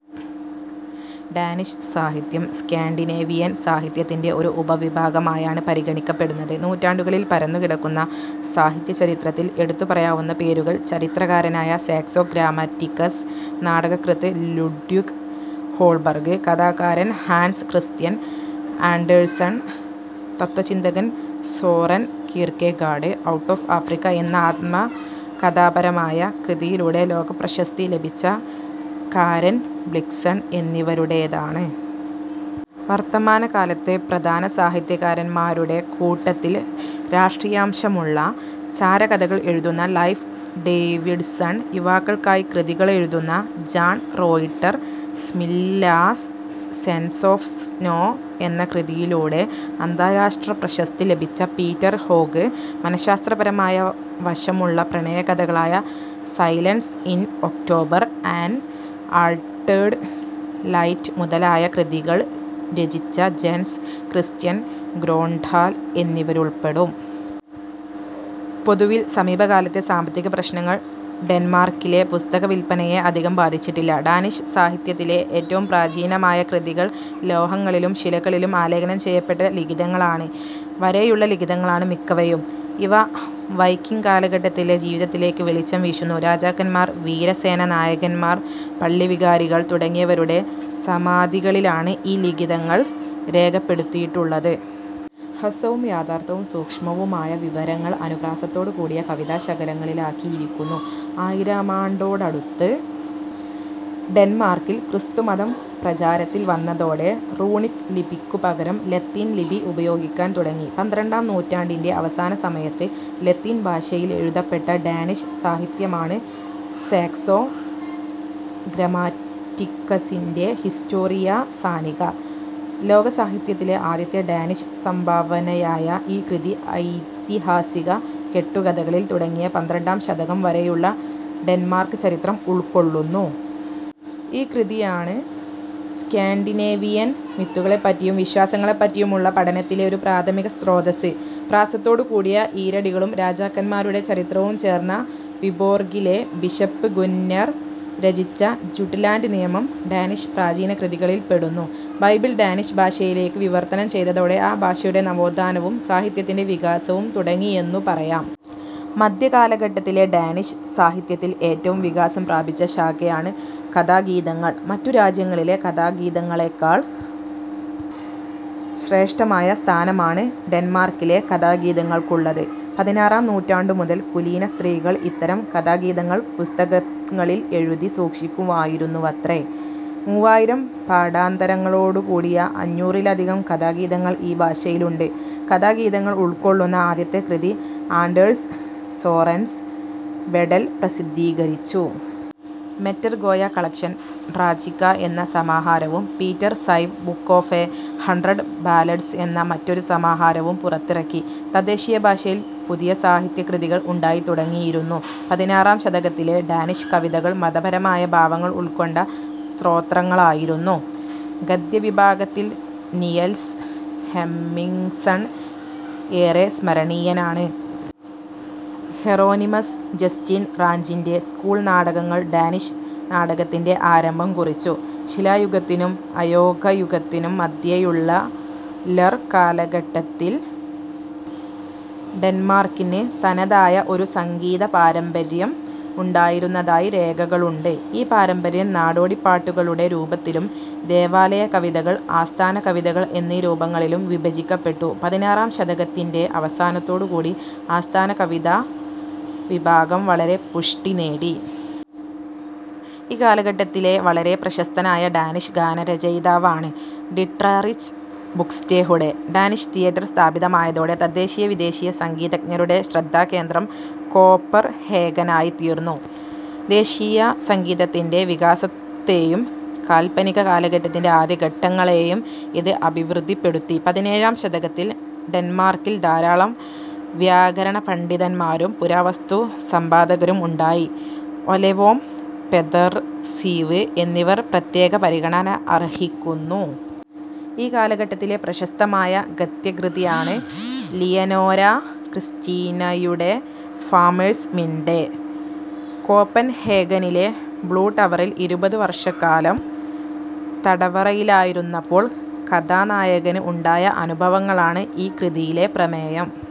Danish സാഹിത്യം Scandinavian സാഹിത്യത്തിൻ്റെ ഒരു ഉപവിഭാഗമായാണ് പരിഗണിക്കപ്പെടുന്നത്. നൂറ്റാണ്ടുകളിൽ പരന്നുകിടക്കുന്ന സാഹിത്യചരിത്രത്തിൽ എടുത്തു പറയാവുന്ന പേരുകൾ ചരിത്രകാരനായ സാക്സോ ഗ്രമാറ്റിക്കസ്, നാടകകൃത്ത് ലുഡ്വിഗ് ഹോൾബർഗ്, കഥാകാരൻ ഹാൻസ് ക്രിസ്ത്യൻ ആൻഡേഴ്സൺ, തത്ത്വചിന്തകൻ Soren Kierkegaard, out of Africa എന്ന ആത്മകഥാപരമായ കൃതിയിലൂടെ ലോകപ്രശസ്തി ലഭിച്ച കാരെൻ ബ്ലിക്സൺ എന്നിവരുടേതാണ്. വർത്തമാനകാലത്തെ പ്രധാന സാഹിത്യകാരന്മാരുടെ കൂട്ടത്തിൽ രാഷ്ട്രീയാംശമുള്ള ചാരകഥകൾ എഴുതുന്ന ലൈഫ് ഡേവിഡ്സൺ, യുവാക്കൾക്കായി കൃതികളെഴുതുന്ന John Reuter, Smilla's sense of snow എന്ന കൃതിയിലൂടെ അന്താരാഷ്ട്രപ്രശസ്തി ലഭിച്ച പീറ്റർ ഹോഗ്, മനഃശാസ്ത്രപരമായ വശമുള്ള പ്രണയകഥകളായ silence in October, an altered light മുതലായ കൃതികൾ രചിച്ച ജെൻസ് ക്രിസ്റ്റ്യൻ ഗ്രോണ്ഡാൽ എന്നിവരുൾപ്പെടും. പൊതുവിൽ സമീപകാലത്തെ സാമ്പത്തിക പ്രശ്നങ്ങൾ ഡെന്മാർക്കിലെ പുസ്തകവിൽപ്പനയെ അധികം ബാധിച്ചിട്ടില്ല. ഡാനിഷ് സാഹിത്യത്തിലെ ഏറ്റവും പ്രാചീനമായ കൃതികൾ ലോഹങ്ങളിലും ശിലകളിലും ആലേഖനം ചെയ്യപ്പെട്ട ലിഖിതങ്ങളാണ്. വരെയുള്ള ലിഖിതങ്ങളാണ് മിക്കവയും. ഇവ വൈക്കിങ് കാലഘട്ടത്തിലെ ജീവിതത്തിലേക്ക് വെളിച്ചം വീശുന്നു. രാജാക്കന്മാർ, വീരസേനാനായകന്മാർ, പള്ളിവികാരികൾ തുടങ്ങിയവരുടെ സമാധികളിലാണ് ഈ ലിഖിതങ്ങൾ രേഖപ്പെടുത്തിയിട്ടുള്ളത്. ഹ്രസ്വവും യഥാർഥവും സൂക്ഷ്മവുമായ വിവരങ്ങൾ അനുപ്രാസത്തോടുകൂടിയ കവിതാ ശകലങ്ങളിലാക്കിയിരിക്കുന്നു. ആയിരാമാണ്ടോടടുത്ത് ഡെന്മാർക്കിൽ ക്രിസ്തുമതം പ്രചാരത്തിൽ വന്നതോടെ റൂണിക് ലിപിക്കു പകരം ലത്തീൻ ലിപി ഉപയോഗിക്കാൻ തുടങ്ങി. പന്ത്രണ്ടാം നൂറ്റാണ്ടിൻ്റെ അവസാനസമയത്ത് ലത്തീൻ ഭാഷയിലെഴുതപ്പെട്ട ഡാനിഷ് സാഹിത്യമാണ്, സാക്സോ ഗ്രമാറ്റിക്കസിൻ്റെ ഹിസ്റ്റോറിയ സാനിക. ലോകസാഹിത്യത്തിലെ ആദ്യത്തെ ഡാനിഷ് സംഭാവനയായ ഈ കൃതി ഐതിഹാസിക കെട്ടുകഥകളിൽ തുടങ്ങിയ പന്ത്രണ്ടാം ശതകം വരെയുള്ള ഡെന്മാർക്ക് ചരിത്രം ഉൾക്കൊള്ളുന്നു. ഈ കൃതിയാണ് സ്കാൻഡിനേവിയൻ മിത്തുകളെപ്പറ്റിയും വിശ്വാസങ്ങളെപ്പറ്റിയുമുള്ള പഠനത്തിലെ ഒരു പ്രാഥമിക സ്രോതസ്സ്. പ്രാസത്തോടു കൂടിയ ഈരടികളും രാജാക്കന്മാരുടെ ചരിത്രവും ചേർന്ന വിബോർഗിലെ ബിഷപ്പ് ഗുന്നർ രചിച്ച ജുട്ട്ലാൻഡ് നിയമം ഡാനിഷ് പ്രാചീന കൃതികളിൽപ്പെടുന്നു. ബൈബിൾ ഡാനിഷ് ഭാഷയിലേക്ക് വിവർത്തനം ചെയ്തതോടെ ആ ഭാഷയുടെ നവോത്ഥാനവും സാഹിത്യത്തിൻ്റെ വികാസവും തുടങ്ങിയെന്നു പറയാം. മദ്ധ്യകാലഘട്ടത്തിലെ ഡാനിഷ് സാഹിത്യത്തിൽ ഏറ്റവും വികാസം പ്രാപിച്ച ശാഖയാണ് കഥാഗീതങ്ങൾ. മറ്റു രാജ്യങ്ങളിലെ കഥാഗീതങ്ങളെക്കാൾ ശ്രേഷ്ഠമായ സ്ഥാനമാണ് ഡെന്മാർക്കിലെ കഥാഗീതങ്ങൾക്കുള്ളത്. പതിനാറാം നൂറ്റാണ്ടു മുതൽ കുലീന സ്ത്രീകൾ ഇത്തരം കഥാഗീതങ്ങൾ പുസ്തകങ്ങളിൽ എഴുതി സൂക്ഷിക്കുമായിരുന്നുവത്രേ. മൂവായിരം പാഠാന്തരങ്ങളോടു കൂടിയ അഞ്ഞൂറിലധികം കഥാഗീതങ്ങൾ ഈ ഭാഷയിലുണ്ട്. കഥാ ഗീതങ്ങൾ ഉൾക്കൊള്ളുന്ന ആദ്യത്തെ കൃതി ആൻഡേഴ്സ് സോറൻസ് വെഡൽ പ്രസിദ്ധീകരിച്ചു. മെറ്റെർ ഗോയ കളക്ഷൻ ട്രാജിക്ക എന്ന സമാഹാരവും Peder Syv book of a hundred ballads എന്ന മറ്റൊരു സമാഹാരവും പുറത്തിറക്കി. തദ്ദേശീയ ഭാഷയിൽ പുതിയ സാഹിത്യകൃതികൾ ഉണ്ടായിത്തുടങ്ങിയിരുന്നു. പതിനാറാം ശതകത്തിലെ ഡാനിഷ് കവിതകൾ മതപരമായ ഭാവങ്ങൾ ഉൾക്കൊണ്ട സ്തോത്രങ്ങളായിരുന്നു. ഗദ്യവിഭാഗത്തിൽ നിയൽസ് ഹെമ്മിങ്സൺ ഏറെ സ്മരണീയനാണ്. ഹെറോനിമസ് ജസ്റ്റീൻ റാഞ്ചിൻ്റെ സ്കൂൾ നാടകങ്ങൾ ഡാനിഷ് നാടകത്തിൻ്റെ ആരംഭം കുറിച്ചു. ശിലായുഗത്തിനും അയോഗ യുഗത്തിനും മധ്യേയുള്ള ലർ കാലഘട്ടത്തിൽ ഡെന്മാർക്കിന് തനതായ ഒരു സംഗീത പാരമ്പര്യം ഉണ്ടായിരുന്നതായി രേഖകളുണ്ട്. ഈ പാരമ്പര്യം നാടോടിപ്പാട്ടുകളുടെ രൂപത്തിലും ദേവാലയ കവിതകൾ, ആസ്ഥാന കവിതകൾ എന്നീ രൂപങ്ങളിലും വിഭജിക്കപ്പെട്ടു. പതിനാറാം ശതകത്തിൻ്റെ അവസാനത്തോടു കൂടി ആസ്ഥാന കവിതാ വിഭാഗം വളരെ പുഷ്ടി നേടി. ഈ കാലഘട്ടത്തിലെ വളരെ പ്രശസ്തനായ ഡാനിഷ് ഗാനരചയിതാവാണ് ഡിട്രറിച്ച് ബുക്സ്റ്റെഹുഡെ. ഡാനിഷ് തിയേറ്റർ സ്ഥാപിതമായതോടെ തദ്ദേശീയ വിദേശീയ സംഗീതജ്ഞരുടെ ശ്രദ്ധാകേന്ദ്രം കോപ്പർഹേഗനായിത്തീർന്നു. ദേശീയ സംഗീതത്തിൻ്റെ വികാസത്തേയും കാൽപ്പനിക കാലഘട്ടത്തിൻ്റെ ആദ്യഘട്ടങ്ങളേയും ഇത് അഭിവൃദ്ധിപ്പെടുത്തി. പതിനേഴാം ശതകത്തിൽ ഡെന്മാർക്കിൽ ധാരാളം വ്യാകരണപണ്ഡിതന്മാരും പുരാവസ്തു സമ്പാദകരും ഉണ്ടായി. ഒലെവോം, പെദർസീവ് എന്നിവർ പ്രത്യേക പരിഗണന അർഹിക്കുന്നു. ഈ കാലഘട്ടത്തിലെ പ്രശസ്തമായ ഗദ്യകൃതിയാണ് ലിയനോരാ ക്രിസ്റ്റീനയുടെ ഫാമേഴ്സ് മിൻഡേ. കോപ്പൻഹേഗനിലെ ബ്ലൂ ടവറിൽ ഇരുപത് വർഷക്കാലം തടവറയിലായിരുന്നപ്പോൾ കഥാനായകന് ഉണ്ടായ അനുഭവങ്ങളാണ് ഈ കൃതിയിലെ പ്രമേയം.